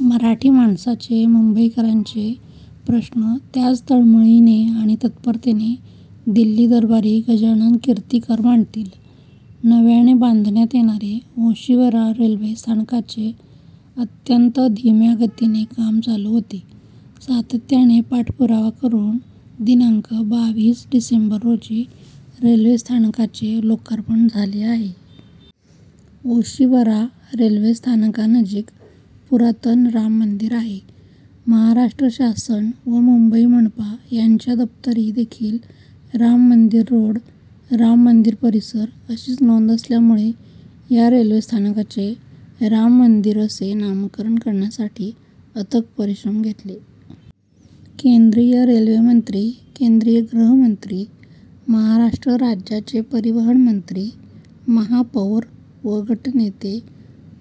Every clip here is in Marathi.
मराठी माणसाचे, मुंबईकरांचे प्रश्न त्याच तळमळीने आणि तत्परतेने दिल्ली दरबारी गजानन कीर्तिकर मांडतील. नव्याने बांधण्यात येणारे ओशिवरा रेल्वे स्थानकाचे अत्यंत धीम्या गतीने काम चालू होते. सातत्याने पाठपुरावा करून दि. बावीस डिसेंबर रोजी रेल्वे स्थानकाचे लोकार्पण झाले आहे. ओशिवरा रेल्वे स्थानकानजिक पुरातन राम मंदिर आहे. महाराष्ट्र शासन व मुंबई मनपा यांच्या दप्तरी देखील राम मंदिर रोड, राम मंदिर परिसर अशीच नोंद असल्यामुळे या रेल्वे स्थानकाचे राम मंदिर असे नामकरण करण्यासाठी अथक परिश्रम घेतले. केंद्रीय रेल्वे मंत्री, केंद्रीय गृहमंत्री, महाराष्ट्र राज्याचे परिवहन मंत्री, महापौर व गटनेते,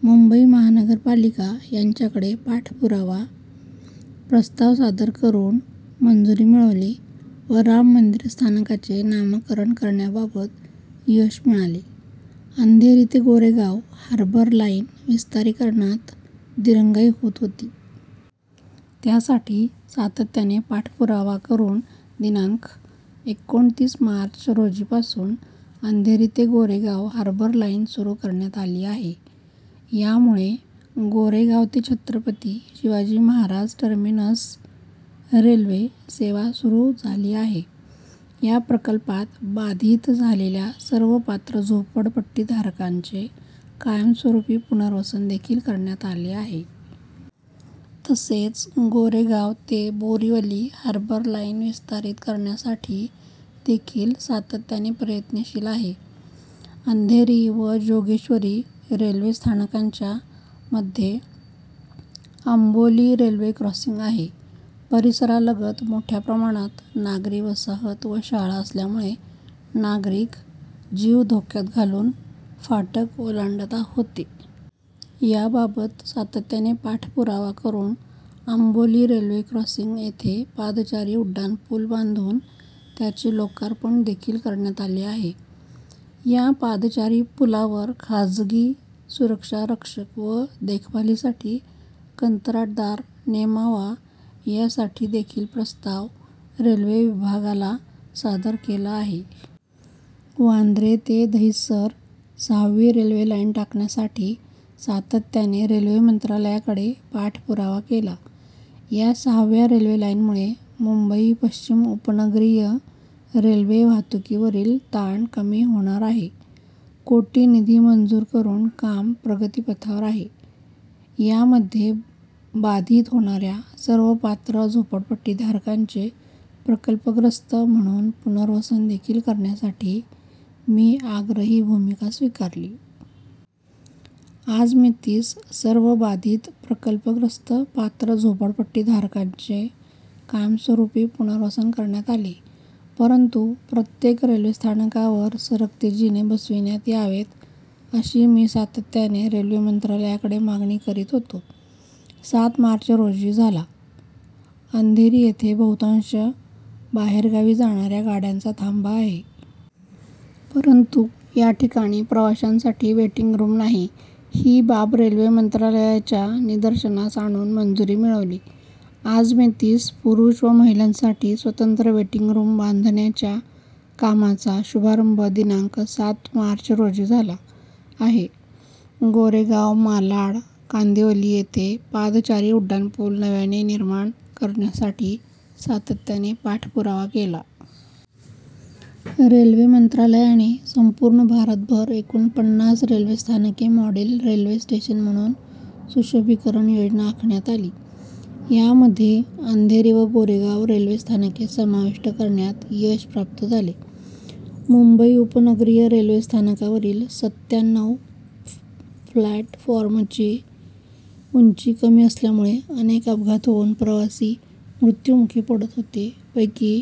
मुंबई महानगरपालिका यांच्याकडे पाठपुरावा, प्रस्ताव सादर करून मंजुरी मिळवली व राम मंदिर स्थानकाचे नामकरण करण्याबाबत यश मिळाले. अंधेरी ते गोरेगाव हार्बर लाईन विस्तारीकरणात दिरंगाई होत होती. त्यासाठी सातत्याने पाठपुरावा करून दि. एकोणतीस मार्च रोजीपासून अंधेरी ते गोरेगाव हार्बर लाईन सुरू करण्यात आली आहे. यामुळे गोरेगाव ते छत्रपती शिवाजी महाराज टर्मिनस रेल्वे सेवा सुरू झाली आहे. या प्रकल्पात बाधित झालेल्या सर्व पात्र झोपडपट्टी धारकांचे कायमस्वरूपी पुनर्वसन देखील करण्यात आले आहे. तसेच गोरेगाव ते बोरीवली हार्बर लाईन विस्तारित करण्यासाठी देखील सातत्याने प्रयत्नशील आहे. अंधेरी व जोगेश्वरी रेल्वे स्थानकांच्या मध्ये आंबोली रेल्वे क्रॉसिंग आहे. परिसरालगत मोठ्या प्रमाणात नागरी वसाहत व शाळा असल्यामुळे नागरिक जीव धोक्यात घालून फाटक ओलांडत होते. याबाबत सातत्याने पाठपुरावा करून आंबोली रेल्वे क्रॉसिंग येथे पादचारी उड्डाणपूल बांधून त्याचे लोकार्पण देखील करण्यात आले आहे. या पादचारी पुलावर खाजगी सुरक्षा रक्षक व देखभालीसाठी कंत्राटदार नेमावा यासाठी देखील प्रस्ताव रेल्वे विभागाला सादर केला आहे. वांद्रे ते दहिसर सहावी रेल्वे लाईन टाकण्यासाठी सातत्याने रेल्वे मंत्रालयाकडे पाठपुरावा केला. या सहाव्या रेल्वे लाईनमुळे मुंबई पश्चिम उपनगरीय रेल्वे वाहतुकीवरील ताण कमी होणार आहे. कोटी निधी मंजूर करून काम प्रगतीपथावर आहे. यामध्ये बाधित होणाऱ्या सर्व पात्र झोपडपट्टी धारकांचे प्रकल्पग्रस्त म्हणून पुनर्वसन देखील करण्यासाठी मी आग्रही भूमिका स्वीकारली. आजमितीस सर्व बाधित प्रकल्पग्रस्त पात्र झोपडपट्टी धारकांचे कायमस्वरूपी पुनर्वसन करण्यात आले. परंतु प्रत्येक रेल्वे स्थानकावर सरकते जिने बसविण्यात यावेत अशी मी सातत्याने रेल्वे मंत्रालयाकडे मागणी करीत होतो. सात मार्च रोजी झाला. अंधेरी येथे बहुतांश बाहेरगावी जाणाऱ्या गाड्यांचा थांबा आहे. परंतु याठिकाणी प्रवाशांसाठी वेटिंग रूम नाही, ही बाब रेल्वे मंत्रालयाच्या निदर्शनास आणून मंजुरी मिळवली. आजमितीस पुरुष व महिलांसाठी स्वतंत्र वेटिंग रूम बांधण्याच्या कामाचा शुभारंभ दि. सात मार्च रोजी झाला आहे. गोरेगाव, मालाड, कांदिवली येथे पादचारी उड्डाणपूल नव्याने निर्माण करण्यासाठी सातत्याने पाठपुरावा केला. रेल्वे मंत्रालयाने संपूर्ण भारतभर एकूण पन्नास रेल्वे स्थानके मॉडेल रेल्वे स्टेशन म्हणून सुशोभीकरण योजना आखण्यात आली. यामध्ये अंधेरी व गोरेगाव रेल्वे स्थानके समाविष्ट करण्यात यश प्राप्त झाले. मुंबई उपनगरीय रेल्वे स्थानकावरील सत्त्याण्णव प्लॅटफॉर्मची उंची कमी असल्यामुळे अनेक अपघात होऊन प्रवासी मृत्युमुखी पडत होते. पैकी